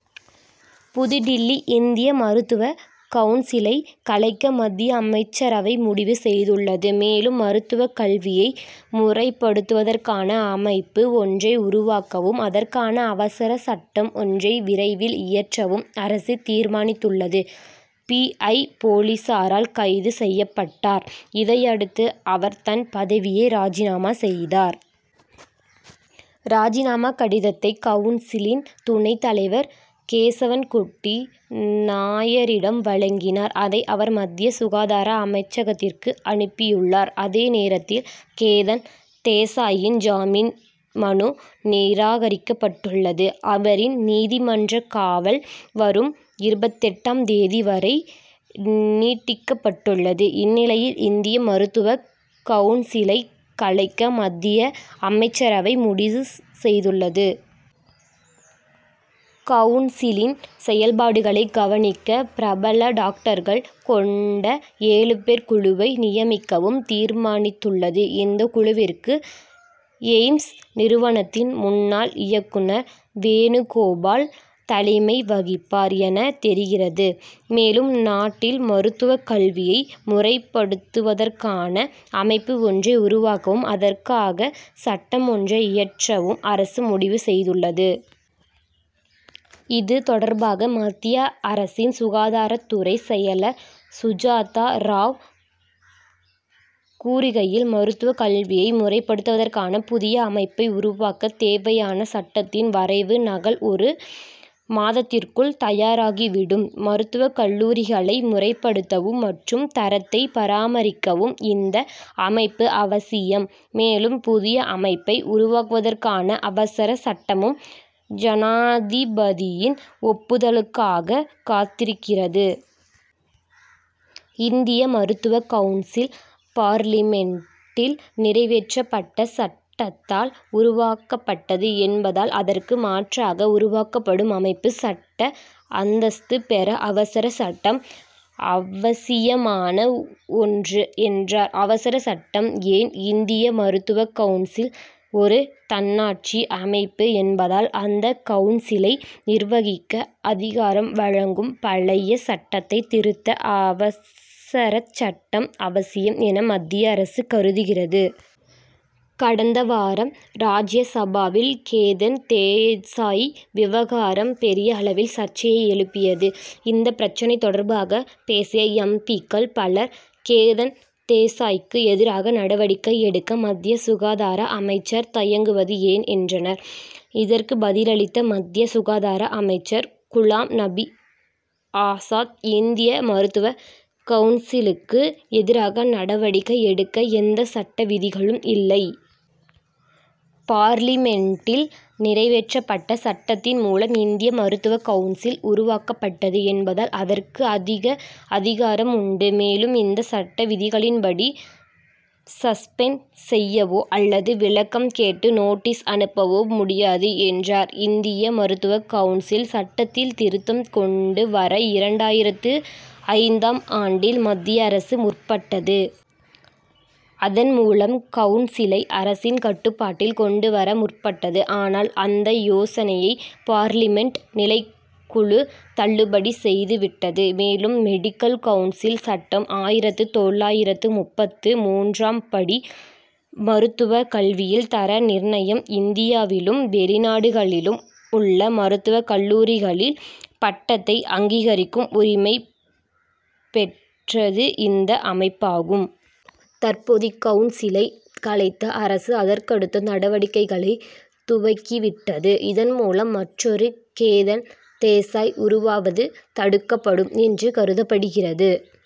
புதுடில்லி இந்திய மருத்துவக் கவுன்சிலை கலைக்க மத்திய அமைச்சரவை முடிவு செய்துள்ளது. மேலும் மருத்துவக் கல்வியை முறைப்படுத்துவதற்கான அமைப்பு ஒன்றை உருவாக்கவும் அதற்கான அவசரச் சட்டம் ஒன்றை விரைவில் இயற்றவும் அரசு தீர்மானித்துள்ளது. பி. ஐ. போலீசாரால் கைது செய்யப்பட்டார். இதையடுத்து அவர் தன் பதவியை ராஜினாமா செய்தார். ராஜினாமா கடிதத்தை கவுன்சிலின் துணைத் தலைவர் கேசவன்குட்டி நாயரிடம் வழங்கினார். அதை அவர் மத்திய சுகாதார அமைச்சகத்திற்கு அனுப்பியுள்ளார். அதே நேரத்தில் கேதன் தேசாயின் ஜாமீன் மனு நிராகரிக்கப்பட்டுள்ளது. அவரின் நீதிமன்றக் காவல் வரும் இருபத்தெட்டாம் தேதி வரை நீட்டிக்கப்பட்டுள்ளது. இந்நிலையில் இந்திய மருத்துவக் கவுன்சிலை கலைக்க மத்திய அமைச்சரவை முடிவு செய்துள்ளது. கவுன்சிலின் செயல்பாடுகளைக் கவனிக்க பிரபல டாக்டர்கள் கொண்ட ஏழு பேர் குழுவை நியமிக்கவும் தீர்மானித்துள்ளது. இந்தக் குழுவிற்கு எய்ம்ஸ் நிறுவனத்தின் முன்னாள் இயக்குனர் வேணுகோபால் தலைமை வகிப்பார் என தெரிகிறது. மேலும் நாட்டில் மருத்துவக் கல்வியை முறைப்படுத்துவதற்கான அமைப்பு ஒன்றை உருவாக்கவும் அதற்காக சட்டம் ஒன்றை இயற்றவும் அரசு முடிவு செய்துள்ளது. இது தொடர்பாக மத்திய அரசின் சுகாதாரத் துறைச் செயலர் சுஜாதா ராவ் கூறுகையில் மருத்துவக் கல்வியை முறைப்படுவதற்கான புதிய அமைப்பை உருவாக்கத் தேவையான சட்டத்தின் வரைவு நகல் ஒரு மாதத்திற்குள் தயாராகிவிடும். மருத்துவக் கல்லூரிகளை முறைப்படுத்தவும் மற்றும் தரத்தை பராமரிக்கவும் இந்த அமைப்பு அவசியம். மேலும் புதிய அமைப்பை உருவாக்குவதற்கான அவசர சட்டமும் ஜனாதிபதியின் ஒப்புதலுக்காக காத்திருக்கிறது. இந்திய மருத்துவக் கவுன்சில் பார்லிமென்டில் நிறைவேற்றப்பட்ட சட்டத்தால் உருவாக்கப்பட்டது என்பதால் அதற்கு மாற்றாக உருவாக்கப்படும் அமைப்பு சட்ட அந்தஸ்து பெற அவசர சட்டம் அவசியமான ஒன்று என்றார். அவசர சட்டம் ஏன்? இந்திய மருத்துவக் கவுன்சில் ஒரு தன்னாட்சி அமைப்பு என்பதால் அந்த கவுன்சிலை நிர்வகிக்க அதிகாரம் வழங்கும் பழைய சட்டத்தை திருத்த அவசரச் சட்டம் அவசியம் என மத்திய அரசு கருதுகிறது. கடந்த வாரம் ராஜ்ய சபாவில் கேதன் தேசாய் விவகாரம் பெரிய அளவில் சர்ச்சையை எழுப்பியது. இந்தப் பிரச்னை தொடர்பாக பேசிய எம். பி.க்கள் பலர் கேதன் தேசாய்க்கு எதிராக நடவடிக்கை எடுக்க மத்திய சுகாதார அமைச்சர் தயங்குவது ஏன் என்றனர். இதற்கு பதிலளித்த மத்திய சுகாதார அமைச்சர் குலாம் நபி ஆசாத் இந்திய மருத்துவக் கவுன்சிலுக்கு எதிராக நடவடிக்கை எடுக்க எந்த சட்ட விதிகளும் இல்லை. பார்லிமென்டில் நிறைவேற்றப்பட்ட சட்டத்தின் மூலம் இந்திய மருத்துவக் கவுன்சில் உருவாக்கப்பட்டது என்பதால் அதற்கு அதிக அதிகாரம் உண்டு. மேலும் இந்த சட்ட விதிகளின்படி சஸ்பெண்ட் செய்யவோ அல்லது விளக்கம் கேட்டு நோட்டீஸ் அனுப்பவோ முடியாது என்றார். இந்திய மருத்துவக் கவுன்சில் சட்டத்தில் திருத்தம் கொண்டு வர இரண்டாயிரத்து ஐந்தாம் ஆண்டில் மத்திய அரசு முற்பட்டது. அதன் மூலம் கவுன்சிலை அரசின் கட்டுப்பாட்டில் கொண்டு வர முற்பட்டது. ஆனால் அந்த யோசனையை பார்லிமென்ட் நிலைக்குழு தள்ளுபடி செய்துவிட்டது. மேலும் மெடிக்கல் கவுன்சில் சட்டம் ஆயிரத்து தொள்ளாயிரத்து முப்பத்து மூன்றன்படி மருத்துவக் கல்வியில் தர நிர்ணயம் இந்தியாவிலும் வெளிநாடுகளிலும் உள்ள மருத்துவக் கல்லூரிகளில் பட்டத்தை அங்கீகரிக்கும் உரிமை பெற்றது இந்த அமைப்பாகும். தற்போது இக்கவுன்சிலை கலைத்த அரசு அதற்கடுத்த நடவடிக்கைகளை துவக்கிவிட்டது. இதன் மூலம் மற்றொரு கேதன் தேசாய் உருவாவது தடுக்கப்படும் என்று கருதப்படுகிறது.